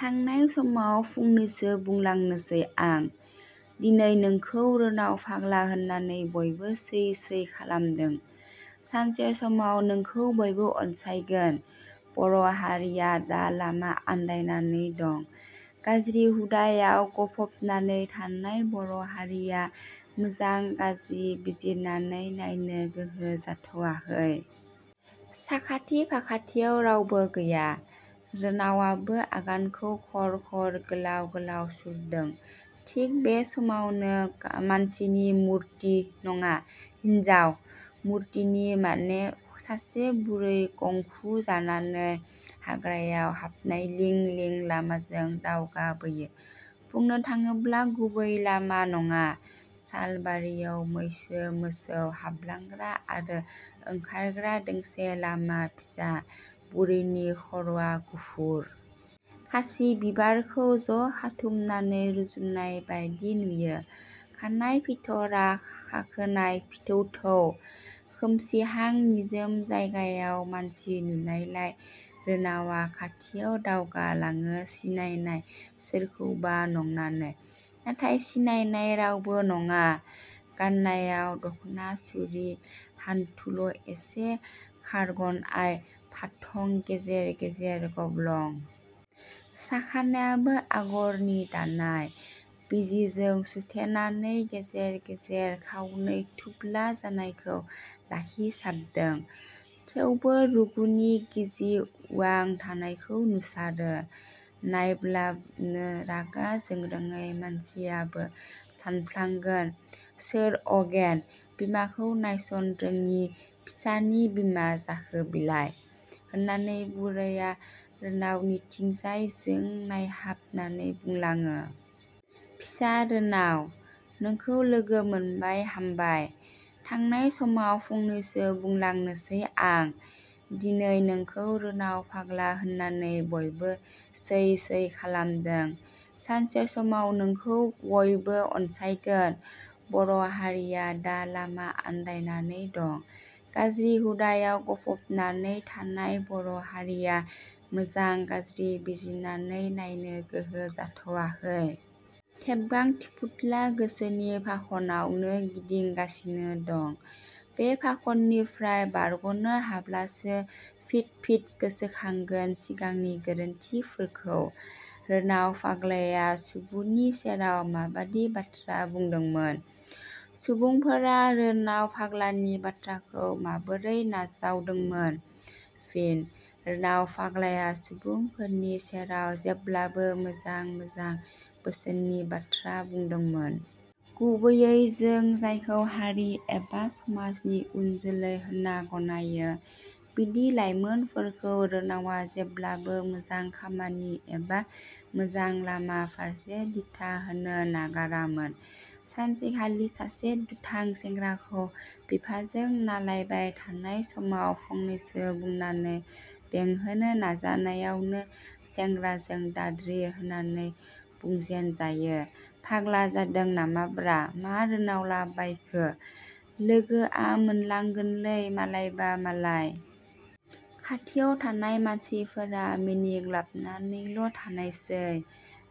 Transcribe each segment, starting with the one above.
थांनाय समाव फंनैसो बुंलांनोसै आं। दिनै नोंखौ रोनाव फाग्ला होननानै बयबो सै सै खालामदों। सानसे समाव नोंखौ बयबो अनसायगोन। बर' हारिया दा लामा आनदायनानै दं। गाज्रि हुदायावव गफबनानै थानाय बर' हारिया मोजां गाज्रि बिजिरनानै नायनो गोहो जाथ'आखै। साखाथि फाखाथियाव रावबो गैया। रोनावाबो आगानखौ खर खर गोलाउ गोलाउ सुरदों। थिग बे समावनो मानसिनि मुर्ति, नङा, हिनजाव मुर्ति माने सासे बुरै गंखु जानानै हाग्रायाव हाबनाय लिं लिं लामाजों दावगाबोयो। बुंनो थाङोब्ला गुबै लामा नङा, सालबारियाव मैसो मोसौ हाबलांग्रा आरो ओंखारग्रा दोंसे लामा फिसा बुरैनि खर'आ गुफुर। खासि बिबारखौ'ज खाथुमनानै रुजुननाय बादि नुयो। खानाइ, फिथरा खाखोनाय फिथौथौ। खोमसिहां निजोम जायगायाव मानसि नुनायलाय रोनावा खाथियाव दावगालाङो सिनायनाय सोरखौबा नंनानै नाथाय सिनायनाय राबनो नङा। गाननायाव दखना सुरि हान्थुल' एसे खारग'नाय, फाथं, गेजेर गेजेर गब्लं। साखानायाबो आगरनि दानाय। बिजिजों सुथेनानै गेजेर गेजेर खावनै थुब्ला जानायखौ लाखिसाबदों। थेवबो रुगुनि गिजि उवां थानायखौ नुसारो। नायब्लानो रागा जोंरोङै मानसियाबो सानफ्लांगोन, सोर अगेन, बिमाखौ नायसनरोङि फिसानि बिमा जाखो बिलाय? होननानै बुरैया रोनावनिथिंजाय जों नायहाबनानै बुंलाङो। " फिसा रोनाव, नोंखौ लोगो मोनबाय हामबाय। थांनाय समाव फंनैसो बुंलांनोसै आं। दिनै नोंखौ रोनाव फाग्ला होननानै बयबो सै सै खालामदों। सानसे समाव नोंखौ वयबो अनसायगोन। बर' हारिया दा लामा आनदायनानै दं। गाज्रि हुदायाव गफबनानै थानाय बर' हारिया मोजां गाज्रि बिजिरनानै नायनो गोहो जाथ 'आखै। थेबगां थिफुदला गोसोनि फाखनावनो गिदिं गासिनो दं। बे फाखननिफ्राय बारग'नो हाब्लासो फिद फिद गोसोखांगोन सिंगांनि गोरोन्थिफोरखौ। रोनाव फाग्लाया सुबुनि सेराव माबादि बाथा बुंदोंमोन? सुबुंफोरा रोनाव फाग्लानि बाथ्राखौ माबोरै नाजावदोंमोन? फिनः रोनाव फाग्लाया सुबुंफोरनि सेराव जेब्लाबो मोजां मोजां बोसोननि – बाथ्रा बुंदोंमोन। गुबैयै जों जायखौ हारि आरो समाजनि उनजोलै होनना गनायो, बिदि लाइमोनफोरखौ रोनावा जेब्लाबो मोजां खामानि एबा मोजां लामा फारसे दिथा होनो नागारामोन। सानसेखालि सासे दुथां सेंग्राखौ बिफाजों नालायबाय थानाय समाव फंनैसो बुंनानै बेंहोनो नाजानायावनो सेंग्राजों दाद्रि होनानै बुंजेनजायो फाग्ला जादों नामाब्रा मा रोनावला बायखो, लोगोआ मोनलांगोनलै मालायबा मालाय। खाथियाव थानाय मानसिफोरा मिनिग्लाबनानैल' थानायसै।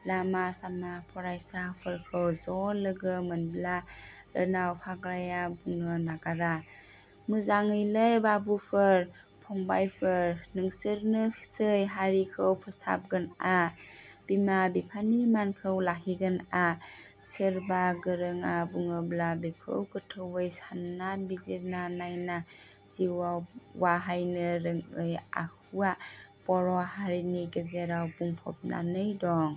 लामा सामा फरायसाफोरखौ ज' लोगो मोनब्ला रोनाव फाग्लाया बुंनो नागारा- मोजाङैलै बाबुफोर, फंबाइफोर, नोंसोरनोसै हारिखौ फोसाबगोना, बिमा बिफानि मानखौ लाखिगोना। सोरबा गोरोङा बुङोब्ला बेखौ गोथौवै सानना बिजिरना नायना जिउआव वाहायनो रोङै आखुवा बर' हारिनि गेजेराव बुंफबनानै दं।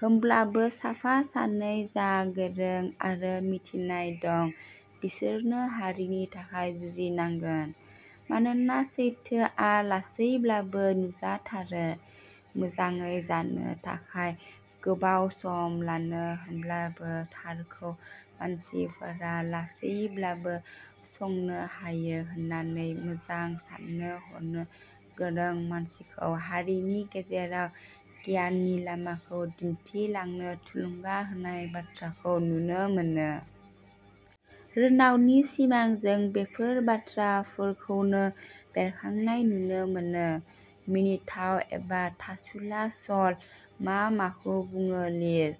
होमब्लाबो साफा सानै जा गोरों आरो मिथिनाय दं बिसोरनो हारिनि थाखाय जुजिनांगोन। मानोना सैथोआ लासैब्लाबो नुजासारो, मोजाङै जानो थाखाय गोबाव सम लायो होमब्लाबो थारखौ मानसिफोरा लासैयैब्लाबो संनो हायो होननानै मोजां साननो हनो गोरों मानसिखौ हारिनि गेजेराव गियाननि लामाखौ दिन्थिलांनो थुलुंगा होनाय बाथ्राखौ नुनो मोनो। रोनावनि सिमांजों बेफोर बाथ्राफोरखौनो बेरखांनाय नुनो मोनो। मिनिथाव एबा थासुला सल 'मा माखौ बुङो लिर।